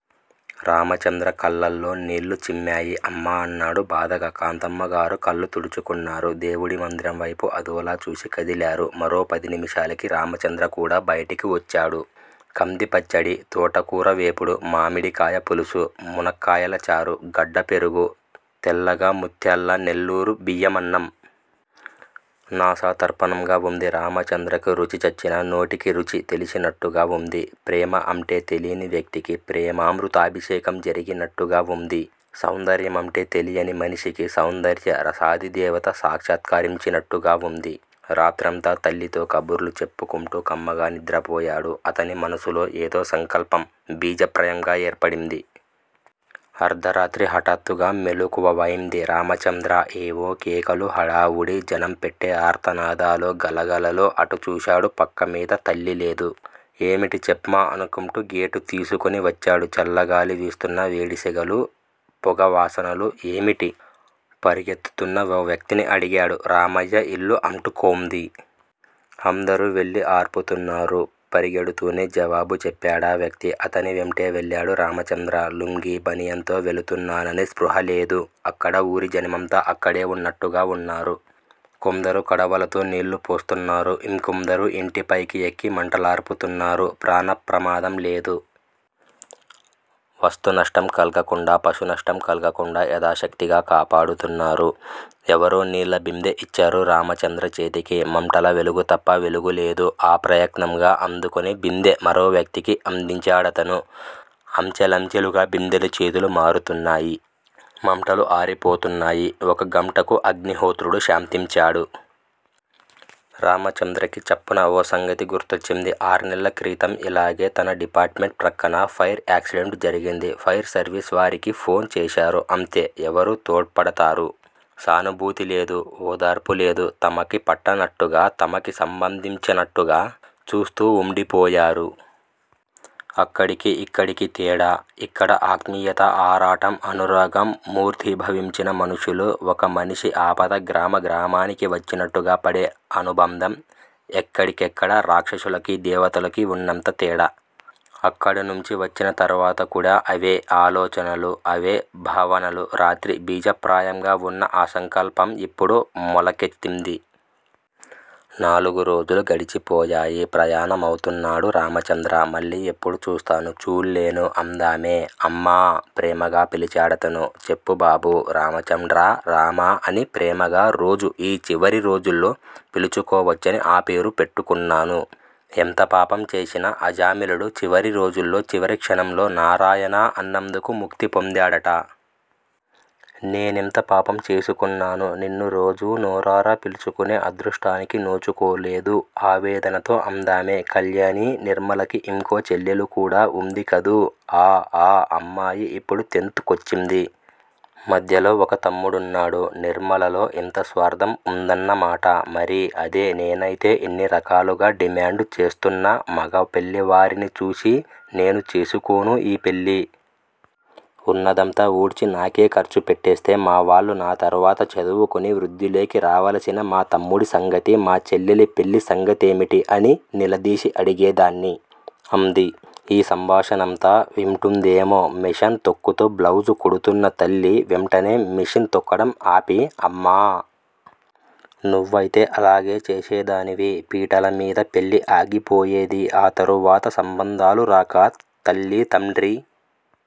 రామచంద్ర కళ్ళలో నీళ్ళు చిమ్మయి. అమ్మా అన్నాడు బాధగా. కాంతమ్మగారూ కళ్ళు తుడుచుకున్నారు. దేవుడి మందిరం వైపు అదోలా చూసి కదిలారు. మరో పది నిమిషాలకి రామచంద్ర కూడా బయటికి వొచ్చాడు. కందిపచ్చడి, తోటకూర వేపుడు మామిడికాయ పులుసు మునక్కాయల చారు గడ్డ పెరుగు-తెల్లగా ముత్యాల్లా నెల్లూరు బియ్యమన్నం. నాసా తర్పణంగా వుంది. రామచంద్రకు రుచి చచ్చిన నోటికి రుచి తెలిసినట్టుగా వుంది. ప్రేమ అంటే తెలీని వ్యక్తికీ ప్రేమమృతాభిషేకం జరిగినట్టుగా వుంది సౌందర్యం అంటే తెలియని మనిషికి సౌందర్య రహదిదేవత సాక్షత్కారించినట్టుగా వుంది. రాత్రంతా తల్లితో కబుర్లు చెప్పుకుంటూ కమ్మగా నిద్రపోయాడు. అతని మనస్సులో ఏదో సంకల్పం బీజప్రాయంగా ఏర్పడింది. అర్ధరాత్రి! హటాత్తుగా మెళుకువవైంది రామచంద్ర. ఏవో కేకలు! హడావుడి! జనం పెట్టె ఆర్తనాదాలు! గలగలలు. అటూ చూశాడు పక్క మీద తల్లిలేదు. ఏమిటి చెప్మా అనుకుంటూ గేటు తీసుకుని వచ్చాడు చల్లగాలి విస్తున్నా వేడి సెగలు -పొగవాసనలు. ఏమిటి? పరుగెత్తుతున్న ఓ వ్యక్తిని అడిగాడు. రామయ్య ఇల్లు అంటుకోంది. అందరూ వెళ్ళి అర్పుతున్నారు. పరిగెడుతూనే జవాబు చెప్పాడా వ్యక్తి. అతని వెంటే వెళ్ళాడు రామచంద్ర. లుంగీ, బనియన్ తో వెళుతున్నాననే స్పృహ లేదు. అక్కడా ఉరిజనమంతా అక్కడే ఉన్నట్టుగా వున్నారు. కొందరు కడవలతో నీళ్ళు పోస్తున్నారు. ఇంకొందరు ఇంటిపైకి ఎక్కి మంటలార్పుటున్నారు. ప్రాణ ప్రమాదం లేదు. వస్తు నష్టం కలక్కుండా పశు నష్టం కలక్కుండా యదాశక్తిగా కాపాడుతున్నారు. ఎవరో నిళ్ళ బిందె ఇచ్చారు. రామచంద్ర చేతికి! మంటల వెలుగు తప్ప వెలుగులేదు. ఆ ప్రయత్నంగా అందుకుని బెండె మరోవ్యక్తికి అందించాడతను. అంచెలంచెలుగా బిందెలు చేతులు మారుతున్నాయి. మంటలు అరిపోతున్నాయి. ఒక గంటకు అగ్ని హొత్రుడు శాంతించాడు. రామచంద్రకి చప్పున ఓ సంగతి గుర్తొచ్చింది. ఆర్నెల్ల క్రితం ఇలాగే తన డిపార్ట్ మెంట్ ప్రక్కన ఫైర్ యాక్సిడెంట్ జరిగింది. ఫైర్ సర్విస్ వారికి ఫోన్ చేశారు. అంతే! ఎవరు తోడ్పడతారు? సానుభూతి లేదు. ఓదార్పు లేదు. తమకి పట్టనట్టుగా తమకి సంబంధించనట్టుగా చూస్తూ ఉండిపోయారు. అక్కడికి యిక్కడికి తేడా? ఇక్కడ ఆత్మీయత ఆరాటం, అనురాగం మూర్తిభావించిన మనుషులు, ఒక మనిషి ఆపద గ్రామ గ్రామానికి వచ్చినట్టుగా పడే అనుబంధం ఎక్కడి కెక్కడ రాక్షసులకి దేవతలకి ఉన్నంత తేడా. అక్కడ నుంచి వచ్చిన తర్వాత కూడా అవే ఆలోచనలు! అవే భావనలు రాత్రి బీజప్రాయంగా వున్న ఆ సంకల్పం యిప్పుడు మొలకెత్తింది. నాలుగు రోజులు గడిచిపోయాయి. ప్రయాణమవుతున్నాడు రామచంద్ర. మళ్ళీ ఎప్పుడు చూస్తాను- చూళ్ళేను అందామె. అమ్మా! ప్రేమగా పిలిచాడతను. చెప్పుబాబూ! రామచండ్రా! 'రామా' అని ప్రేమగా రోజు యీ చివరి రోజుల్లో పిలుచుకొవచ్చని ఆ పేరు పెట్టుకున్నాను. ఎంత పాపం చేసినా ఆజామిళుడు చివరి రోజుల్లో చివరి క్షణంలో నారాయణ అన్నందుకు ముక్తి పొందాడట! నేనెంత పాపం చేసుకున్నాను. నిన్ను రోజు నోరారా పిలుచుకునే అదృష్టానికి నోచుకోలేదు ఆవేదనతో అందామె. కళ్యాణీ! నిర్మలకి ఇంకో చెల్లెలు కూడా వుందికదూ? ఆ! ఆ అమ్మాయి ఇప్పుడు టెన్త్ కొచ్చింది. మధ్యలో ఒక తమ్ముడున్నాడు. నిర్మలలో ఇంత స్వార్ధం వుందన్నమాట! మరి? అదే నేనైతే ఇన్ని రకాలుగా డిమాండు చేస్తున్న మగపెళ్ళివారిని చూసి 'నేను చేసుకోను' ఈ పెళ్ళి. ఉన్నదంతా ఊడ్చి నాకే ఖర్చు పెట్టేస్తే మావాళ్ళు నా తరువాత, చదువుకుని వృద్ధిలోకి రావలసిన మా తమ్ముడి సంగతి, మా చెల్లెలి పెళ్ళి సంగతేమిటి? అని నిలదీసి అడిగేదాన్ని. అంది. ఈ సంభాషణంతా వింటోందేమో, మెషీన్ తొక్కుతూ బ్లౌజు కుడుతున్న తల్లి, వెంటనే మెషీన్ తొక్కడం ఆపి, అమ్మా! నువ్వైతే అలాగే చేసేదానివి. పీటలమీద పెళ్ళి ఆగిపోయేది. ఆ తరువాత సంబంధాలు రాక, తల్లీ తండ్రి